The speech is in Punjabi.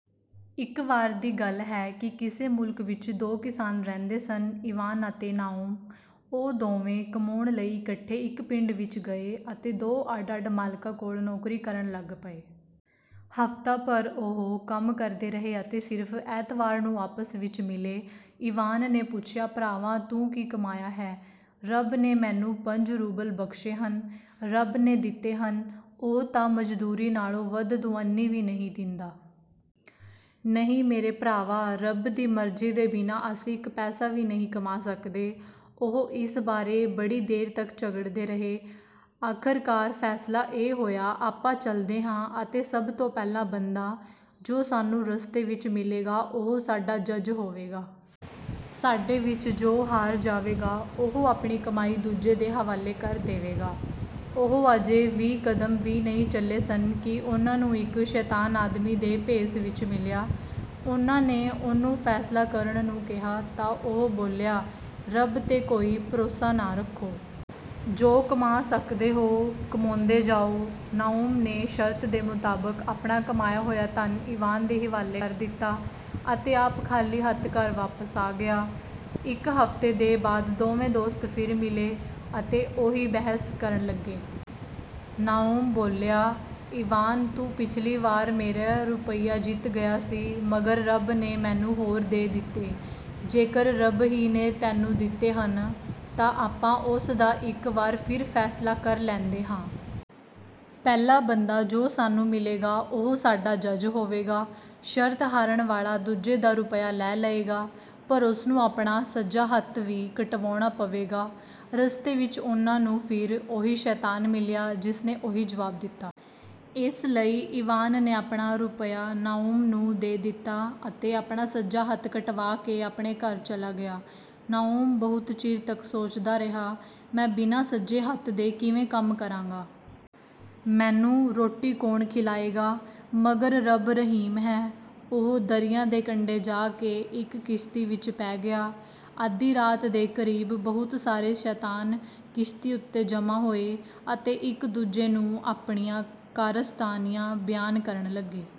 ਇੱਕ ਵਾਰ ਦੀ ਗੱਲ ਹੈ ਕਿ ਕਿਸੇ ਮੁਲਕ ਵਿੱਚ ਦੋ ਕਿਸਾਨ ਰਹਿੰਦੇ ਸਨ, ਇਵਾਨ ਅਤੇ ਨਾਓਮ। ਉਹ ਦੋਵੇਂ ਕਮਾਉਣ ਲਈ ਇਕੱਠੇ ਇੱਕ ਪਿੰਡ ਵਿੱਚ ਗਏ ਅਤੇ ਦੋ ਅੱਡ-ਅੱਡ ਮਾਲਕਾਂ ਕੋਲ ਨੌਕਰੀ ਕਰਨ ਲੱਗ ਪਏ। ਹਫ਼ਤਾ ਭਰ ਉਹ ਕੰਮ ਕਰਦੇ ਰਹੇ ਅਤੇ ਸਿਰਫ਼ ਐਤਵਾਰ ਨੂੰ ਆਪਸ ਵਿੱਚ ਮਿਲੇ। ਇਵਾਨ ਨੇ ਪੁੱਛਿਆ, “ਭਰਾਵਾ, ਤੂੰ ਕੀ ਕਮਾਇਆ ਹੈ?” “ਰੱਬ ਨੇ ਮੈਨੂੰ ਪੰਜ ਰੂਬਲ ਬਖ਼ਸ਼ੇ ਹਨ।” “ਰੱਬ ਨੇ ਦਿੱਤੇ ਹਨ? ਉਹ ਤਾਂ ਮਜ਼ਦੂਰੀ ਨਾਲੋਂ ਵੱਧ ਦੁਆਨੀ ਵੀ ਨਹੀਂ ਦਿੰਦਾ।” “ਨਹੀਂ, ਮੇਰੇ ਭਰਾਵਾ, ਰੱਬ ਦੀ ਮਰਜ਼ੀ ਦੇ ਬਿਨਾਂ ਅਸੀਂ ਇੱਕ ਪੈਸਾ ਵੀ ਨਹੀਂ ਕਮਾ ਸਕਦੇ।” ਉਹ ਇਸ ਬਾਰੇ ਬੜੀ ਦੇਰ ਤੱਕ ਝਗੜਦੇ ਰਹੇ। ਆਖ਼ਰਕਾਰ ਫ਼ੈਸਲਾ ਇਹ ਹੋਇਆ, “ਆਪਾਂ ਚੱਲਦੇ ਹਾਂ ਅਤੇ ਸਭ ਤੋਂ ਪਹਿਲਾ ਬੰਦਾ, ਜੋ ਸਾਨੂੰ ਰਸਤੇ ਵਿੱਚ ਮਿਲੇਗਾ, ਉਹ ਸਾਡਾ ਜੱਜ ਹੋਵੇਗਾ। ਸਾਡੇ ਵਿੱਚੋਂ ਜੋ ਹਾਰ ਜਾਵੇਗਾ, ਉਹ ਆਪਣੀ ਕਮਾਈ ਦੂਜੇ ਦੇ ਹਵਾਲੇ ਕਰ ਦੇਵੇਗਾ।” ਉਹ ਅਜੇ ਵੀਹ ਕਦਮ ਵੀ ਨਹੀਂ ਚੱਲੇ ਸਨ ਕਿ ਉਹਨਾਂ ਨੂੰ ਇੱਕ ਸ਼ੈਤਾਨ ਆਦਮੀ ਦੇ ਭੇਸ ਵਿੱਚ ਮਿਲਿਆ। ਉਹਨਾਂ ਨੇ ਉਹਨੂੰ ਫ਼ੈਸਲਾ ਕਰਨ ਨੂੰ ਕਿਹਾ ਤਾਂ ਉਹ ਬੋਲਿਆ, “ਰੱਬ 'ਤੇ ਕੋਈ ਭਰੋਸਾ ਨਾ ਰੱਖੋ। ਜੋ ਕਮਾ ਸਕਦੇ ਹੋ, ਕਮਾਉਂਦੇ ਜਾਓ।” ਨਾਓਮ ਨੇ ਸ਼ਰਤ ਦੇ ਮੁਤਾਬਕ ਆਪਣਾ ਕਮਾਇਆ ਹੋਇਆ ਧਨ ਇਵਾਨ ਦੇ ਹਵਾਲੇ ਕਰ ਦਿੱਤਾ ਅਤੇ ਆਪ ਖ਼ਾਲੀ ਹੱਥ ਘਰ ਵਾਪਸ ਆ ਗਿਆ। ਇੱਕ ਹਫ਼ਤੇ ਦੇ ਬਾਅਦ ਦੋਵੇਂ ਦੋਸਤ ਫਿਰ ਮਿਲੇ ਅਤੇ ਉਹੀ ਬਹਿਸ ਕਰਨ ਲੱਗੇ। ਨਾਓਮ ਬੋਲਿਆ, “ਇਵਾਨ, ਤੂੰ ਪਿੱਛਲੀ ਵਾਰ ਮੇਰਾ ਰੁਪਿਆ ਜਿੱਤ ਗਿਆ ਸੀ, ਮਗਰ ਰੱਬ ਨੇ ਮੈਨੂੰ ਹੋਰ ਦੇ ਦਿੱਤੇ।” “ਜੇਕਰ ਰੱਬ ਹੀ ਨੇ ਤੈਨੂੰ ਦਿੱਤੇ ਹਨ, ਤਾਂ ਆਪਾਂ ਉਸ ਦਾ ਇੱਕ ਵਾਰ ਫਿਰ ਫ਼ੈਸਲਾ ਕਰ ਲੈਂਦੇ ਹਾਂ। ਪਹਿਲਾ ਬੰਦਾ ਜੋ ਸਾਨੂੰ ਮਿਲੇਗਾ, ਉਹ ਸਾਡਾ ਜੱਜ ਹੋਵੇਗਾ। ਸ਼ਰਤ ਹਾਰਨ ਵਾਲਾ ਦੂਜੇ ਦਾ ਰੁਪਿਆ ਲੈ ਲਏਗਾ, ਪਰ ਉਸਨੂੰ ਆਪਣਾ ਸੱਜਾ ਹੱਥ ਵੀ ਕਟਵਾਉਣਾ ਪਵੇਗਾ।” ਰਸਤੇ ਵਿੱਚ ਉਹਨਾਂ ਨੂੰ ਫਿਰ ਉਹੀ ਸ਼ੈਤਾਨ ਮਿਲਿਆ, ਜਿਸਨੇ ਉਹੀ ਜਵਾਬ ਦਿੱਤਾ। ਇਸ ਲਈ ਇਵਾਨ ਨੇ ਆਪਣਾ ਰੁਪਿਆ ਨਾਓਮ ਨੂੰ ਦੇ ਦਿੱਤਾ ਅਤੇ ਆਪਣਾ ਸੱਜਾ ਹੱਥ ਕਟਵਾ ਕੇ ਆਪਣੇ ਘਰ ਚਲਾ ਗਿਆ। ਨਾਓਮ ਬਹੁਤ ਚਿਰ ਤੱਕ ਸੋਚਦਾ ਰਿਹਾ, “ਮੈਂ ਬਿਨਾਂ ਸੱਜੇ ਹੱਥ ਦੇ ਕਿਵੇਂ ਕੰਮ ਕਰਾਂਗਾ? ਮੈਨੂੰ ਰੋਟੀ ਕੌਣ ਖਿਲਾਏਗਾ? ਮਗਰ ਰੱਬ ਰਹੀਮ ਹੈ।” ਉਹ ਦਰਿਆ ਦੇ ਕੰਢੇ ਜਾ ਕੇ ਇੱਕ ਕਿਸ਼ਤੀ ਵਿੱਚ ਪੈ ਗਿਆ। ਅੱਧੀ ਰਾਤ ਦੇ ਕ਼ਰੀਬ ਬਹੁਤ ਸਾਰੇ ਸ਼ੈਤਾਨ ਕਿਸ਼ਤੀ ਉੱਤੇ ਜਮ੍ਹਾਂ ਹੋਏ ਅਤੇ ਇੱਕ-ਦੂਜੇ ਨੂੰ ਆਪਣੀਆਂ ਕਾਰਸਤਾਨੀਆਂ ਬਿਆਨ ਕਰਨ ਲੱਗੇ।